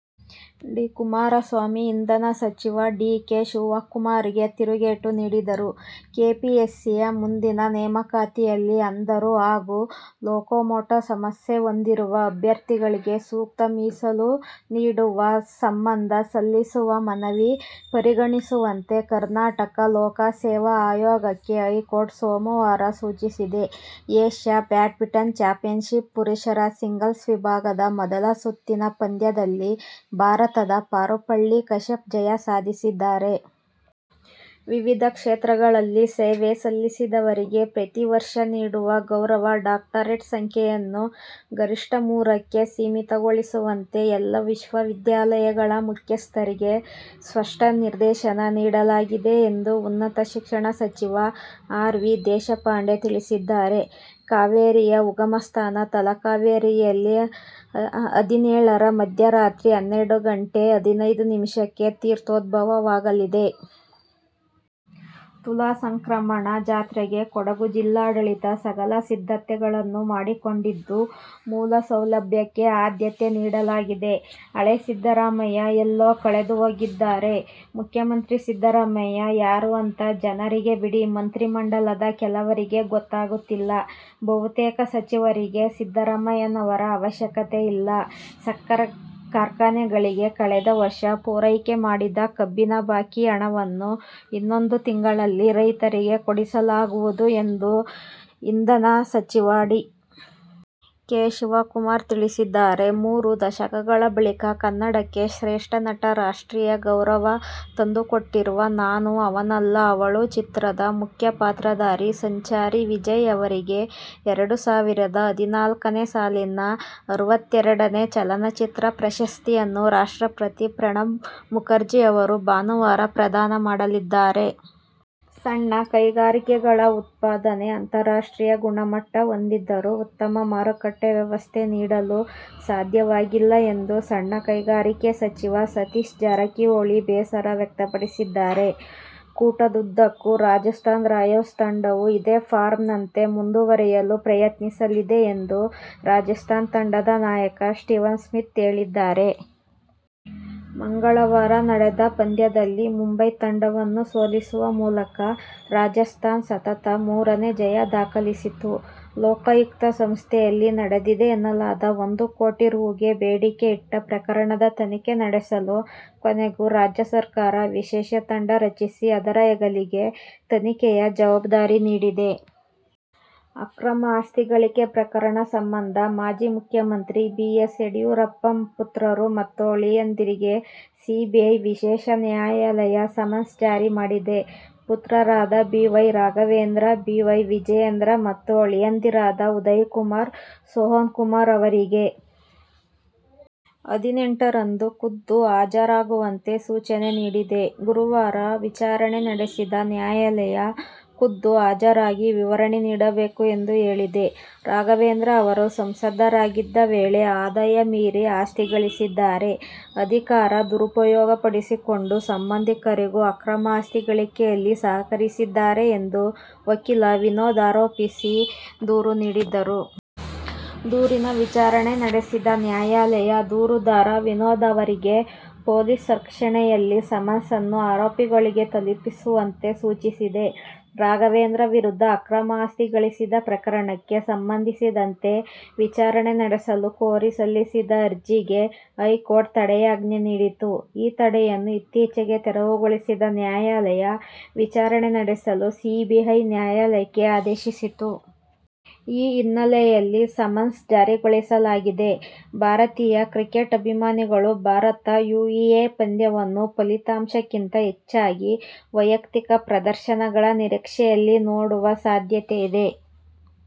D. Kumaraswamy, ಇಂಧನ ಸಚಿವ D. K. ಶಿವಕುಮಾರ್‌ಗೆ ತಿರುಗೇಟು ನೀಡಿದರು. ಕೆಪಿಎಸ್ಸಿಯ ಮುಂದಿನ ನೇಮಕಾತಿಯಲ್ಲಿ ಅಂಧರು ಹಾಗೂ ಲೊಕೊಮೋಟೊ ಸಮಸ್ಯೆ ಹೊಂದಿರುವ ಅಭ್ಯರ್ಥಿಗಳಿಗೆ ಸೂಕ್ತ ಮೀಸಲು ನೀಡುವ ಸಂಬಂಧ ಸಲ್ಲಿಸುವ ಮನವಿ ಪರಿಗಣಿಸುವಂತೆ ಕರ್ನಾಟಕ ಲೋಕಸೇವಾ ಆಯೋಗಕ್ಕೆ ಹೈಕೋರ್ಟ್ ಸೋಮವಾರ ಸೂಚಿಸಿದೆ. ಏಶ್ಯಾ ಬ್ಯಾಡ್ಮಿಂಟನ್ ಚಾಂಪಿಯನ್ಶಿಪ್ ಪುರುಷರ ಸಿಂಗಲ್ಸ್ ವಿಭಾಗದ ಮೊದಲ ಸುತ್ತಿನ ಪಂದ್ಯದಲ್ಲಿ ಭಾರತದ ಪಾರುಪಳ್ಳಿ ಕಶ್ಯಪ್ ಜಯ ಸಾಧಿಸಿದ್ದಾರೆ. ವಿವಿಧ ಕ್ಷೇತ್ರಗಳಲ್ಲಿ ಸೇವೆ ಸಲ್ಲಿಸಿದವರಿಗೆ ಪ್ರತಿ ವರ್ಷ ನೀಡುವ ಗೌರವ ಡಾಕ್ಟರೆಟ್ ಸಂಖ್ಯೆಯನ್ನು ಗರಿಷ್ಠ ಮೂರಕ್ಕೆ ಸೀಮಿತಗೊಳಿಸುವಂತೆ ಎಲ್ಲಾ ವಿಶ್ವವಿದ್ಯಾಲಯಗಳ ಮುಖ್ಯಸ್ಥರಿಗೆ ಸ್ಪಷ್ಟ ನಿರ್ದೇಶನ ನೀಡಲಾಗಿದೆ ಎಂದು ಉನ್ನತ ಶಿಕ್ಷಣ ಸಚಿವ ಆರ್. ವಿ. ದೇಶಪಾಂಡೆ ತಿಳಿಸಿದ್ದಾರೆ. ಕಾವೇರಿಯ ಉಗಮ ಸ್ಥಾನ ತಲಕಾವೇರಿಯಲ್ಲಿ ಅ. ಹದಿನೇಳರ ಮಧ್ಯರಾತ್ರಿ ಹನ್ನೆರಡು ಗಂಟೆ ಹದಿನೈದು ನಿಮಿಷಕ್ಕೆ ತೀರ್ಥೋದ್ಭವವಾಗಲಿದೆ. ತುಲಾಸಂಕ್ರಮಣ ಜಾತ್ರೆಗೆ ಕೊಡಗು ಜಿಲ್ಲಾಡಳಿತ ಸಕಲ ಸಿದ್ಧತೆಗಳನ್ನು ಮಾಡಿಕೊಂಡಿದ್ದು, ಮೂಲಸೌಲಭ್ಯಕ್ಕೆ ಆದ್ಯತೆ ನೀಡಲಾಗಿದೆ. ಹಳೇ ಸಿದ್ದರಾಮಯ್ಯ ಎಲ್ಲೋ ಕಳೆದುಹೋಗಿದ್ದಾರೆ. ಮುಖ್ಯಮಂತ್ರಿ ಸಿದ್ದರಾಮಯ್ಯ ಯಾರೂ ಅಂತ ಜನರಿಗೆ ಬಿಡಿ, ಮಂತ್ರಿಮಂಡಲದ ಕೆಲವರಿಗೆ ಗೊತ್ತಾಗುತ್ತಿಲ್ಲ. ಬಹುತೇಕ ಸಚಿವರಿಗೆ ಸಿದ್ದರಾಮಯ್ಯನವರ ಅವಶ್ಯಕತೆ ಇಲ್ಲ. ಸಕ್ಕರೆ ಕಾರ್ಖಾನೆಗಳಿಗೆ ಕಳೆದ ವರ್ಷ ಪೂರೈಕೆ ಮಾಡಿದ ಕಬ್ಬಿನ ಬಾಕಿ ಹಣವನ್ನು ಇನ್ನೊಂದು ತಿಂಗಳಲ್ಲಿ ರೈತರಿಗೆ ಕೊಡಿಸಲಾಗುವುದು ಎಂದು ಇಂಧನ ಸಚಿವ ಡಿ. ಕೆ. ಶಿವಕುಮಾರ್ ತಿಳಿಸಿದ್ದಾರೆ. ಮೂರು ದಶಕಗಳ ಬಳಿಕ ಕನ್ನಡಕ್ಕೆ ಶ್ರೇಷ್ಠ ನಟ ರಾಷ್ಟ್ರೀಯ ಗೌರವ ತಂದುಕೊಟ್ಟಿರುವ "ನಾನು ಅವನಲ್ಲ, ಅವಳು" ಚಿತ್ರದ ಮುಖ್ಯ ಪಾತ್ರಧಾರಿ "ಸಂಚಾರಿ" ವಿಜಯ್ ಅವರಿಗೆ ಎರಡು ಸಾವಿರದ ಹದಿನಾಲ್ಕನೇ ಸಾಲಿನ ಅರವತ್ತೆರಡನೇ ಚಲನಚಿತ್ರ ಪ್ರಶಸ್ತಿಯನ್ನು ರಾಷ್ಟ್ರಪತಿ ಪ್ರಣಬ್ ಮುಖರ್ಜಿ ಅವರು ಭಾನುವಾರ ಪ್ರದಾನ ಮಾಡಲಿದ್ದಾರೆ. ಸಣ್ಣ ಕೈಗಾರಿಕೆಗಳ ಉತ್ಪಾದನೆ ಅಂತಾರಾಷ್ಟ್ರೀಯ ಗುಣಮಟ್ಟ ಹೊಂದಿದ್ದರೂ ಉತ್ತಮ ಮಾರುಕಟ್ಟೆ ವ್ಯವಸ್ಥೆ ನೀಡಲು ಸಾಧ್ಯವಾಗಿಲ್ಲ ಎಂದು ಸಣ್ಣ ಕೈಗಾರಿಕೆ ಸಚಿವ ಸತೀಶ್ ಜಾರಕಿಹೊಳಿ ಬೇಸರ ವ್ಯಕ್ತಪಡಿಸಿದ್ದಾರೆ. ಕೂಟದುದ್ದಕ್ಕೂ ರಾಜಸ್ಥಾನ್ ರಾಯಲ್ಸ್ ತಂಡವು ಇದೇ ಫಾರ್ಮ್‌ನಂತೆ ಮುಂದುವರಿಯಲು ಪ್ರಯತ್ನಿಸಲಿದೆ ಎಂದು ರಾಜಸ್ಥಾನ್ ತಂಡದ ನಾಯಕ ಸ್ಟೀವನ್ ಸ್ಮಿತ್ ಹೇಳಿದ್ದಾರೆ. ಮಂಗಳವಾರ ನಡೆದ ಪಂದ್ಯದಲ್ಲಿ ಮುಂಬೈ ತಂಡವನ್ನು ಸೋಲಿಸುವ ಮೂಲಕ ರಾಜಸ್ಥಾನ್ ಸತತ ಮೂರನೇ ಜಯ ದಾಖಲಿಸಿತು. ಲೋಕಾಯುಕ್ತ ಸಂಸ್ಥೆಯಲ್ಲಿ ನಡೆದಿದೆ ಎನ್ನಲಾದ ಒಂದು ಕೋಟಿ ರೂ.ಗೆ ಬೇಡಿಕೆ ಇಟ್ಟ ಪ್ರಕರಣದ ತನಿಖೆ ನಡೆಸಲು ಕೊನೆಗೂ ರಾಜ್ಯ ಸರ್ಕಾರ ವಿಶೇಷ ತಂಡ ರಚಿಸಿ ಅದರ ಹೆಗಲಿಗೆ ತನಿಖೆಯ ಜವಾಬ್ದಾರಿ ನೀಡಿದೆ. ಅಕ್ರಮ ಆಸ್ತಿ ಗಳಿಕೆ ಪ್ರಕರಣ ಸಂಬಂಧ ಮಾಜಿ ಮುಖ್ಯಮಂತ್ರಿ ಬಿ. ಎಸ್. ಯಡಿಯೂರಪ್ಪ ಪುತ್ರರು ಮತ್ತು ಅಳಿಯಂದಿರಿಗೆ ಸಿಬಿಐ ವಿಶೇಷ ನ್ಯಾಯಾಲಯ ಸಮನ್ಸ್ ಜಾರಿ ಮಾಡಿದೆ. ಪುತ್ರರಾದ B. Y. Raghavendra, B. Y. Vijayendra ಮತ್ತು ಅಳಿಯಂದಿರಾದ ಉದಯಕುಮಾರ್, ಸೋಹನ್ ಕುಮಾರ್ ಅವರಿಗೆ ಏ. ಹದಿನೆಂಟರಂದು ಖುದ್ದು ಹಾಜರಾಗುವಂತೆ ಸೂಚನೆ ನೀಡಿದೆ. ಗುರುವಾರ ವಿಚಾರಣೆ ನಡೆಸಿದ ನ್ಯಾಯಾಲಯ, ಖುದ್ದು ಹಾಜರಾಗಿ ವಿವರಣೆ ನೀಡಬೇಕು ಎಂದು ಹೇಳಿದೆ. ರಾಘವೇಂದ್ರ ಅವರು ಸಂಸದರಾಗಿದ್ದ ವೇಳೆ ಆದಾಯ ಮೀರಿ ಆಸ್ತಿ ಗಳಿಸಿದ್ದಾರೆ. ಅಧಿಕಾರ ದುರುಪಯೋಗಪಡಿಸಿಕೊಂಡು ಸಂಬಂಧಿಕರಿಗೂ ಅಕ್ರಮ ಆಸ್ತಿ ಗಳಿಕೆಯಲ್ಲಿ ಸಹಕರಿಸಿದ್ದಾರೆ ಎಂದು ವಕೀಲ ವಿನೋದ್ ಆರೋಪಿಸಿ ದೂರು ನೀಡಿದ್ದರು. ದೂರಿನ ವಿಚಾರಣೆ ನಡೆಸಿದ ನ್ಯಾಯಾಲಯ, ದೂರುದಾರ ವಿನೋದ್ ಅವರಿಗೆ ಪೊಲೀಸ್ ರಕ್ಷಣೆಯಲ್ಲಿ ಸಮನ್ಸ್ ಅನ್ನು ಆರೋಪಿಗಳಿಗೆ ತಲುಪಿಸುವಂತೆ ಸೂಚಿಸಿದೆ. ರಾಘವೇಂದ್ರ ವಿರುದ್ಧ ಅಕ್ರಮ ಆಸ್ತಿ ಗಳಿಸಿದ ಪ್ರಕರಣಕ್ಕೆ ಸಂಬಂಧಿಸಿದಂತೆ ವಿಚಾರಣೆ ನಡೆಸಲು ಕೋರಿ ಸಲ್ಲಿಸಿದ್ದ ಅರ್ಜಿಗೆ ಹೈಕೋರ್ಟ್ ತಡೆಯಾಜ್ಞೆ ನೀಡಿತ್ತು. ಈ ತಡೆಯನ್ನು ಇತ್ತೀಚೆಗೆ ತೆರವುಗೊಳಿಸಿದ ನ್ಯಾಯಾಲಯ ವಿಚಾರಣೆ ನಡೆಸಲು ಸಿಬಿಐ ನ್ಯಾಯಾಲಯಕ್ಕೆ ಆದೇಶಿಸಿತ್ತು. ಈ ಹಿನ್ನೆಲೆಯಲ್ಲಿ ಸಮನ್ಸ್ ಜಾರಿಗೊಳಿಸಲಾಗಿದೆ. ಭಾರತೀಯ ಕ್ರಿಕೆಟ್ ಅಭಿಮಾನಿಗಳು ಭಾರತ-ಯುಎಇ ಪಂದ್ಯವನ್ನು ಫಲಿತಾಂಶಕ್ಕಿಂತ ಹೆಚ್ಚಾಗಿ ವೈಯಕ್ತಿಕ ಪ್ರದರ್ಶನಗಳ ನಿರೀಕ್ಷೆಯಲ್ಲಿ ನೋಡುವ ಸಾಧ್ಯತೆ ಇದೆ.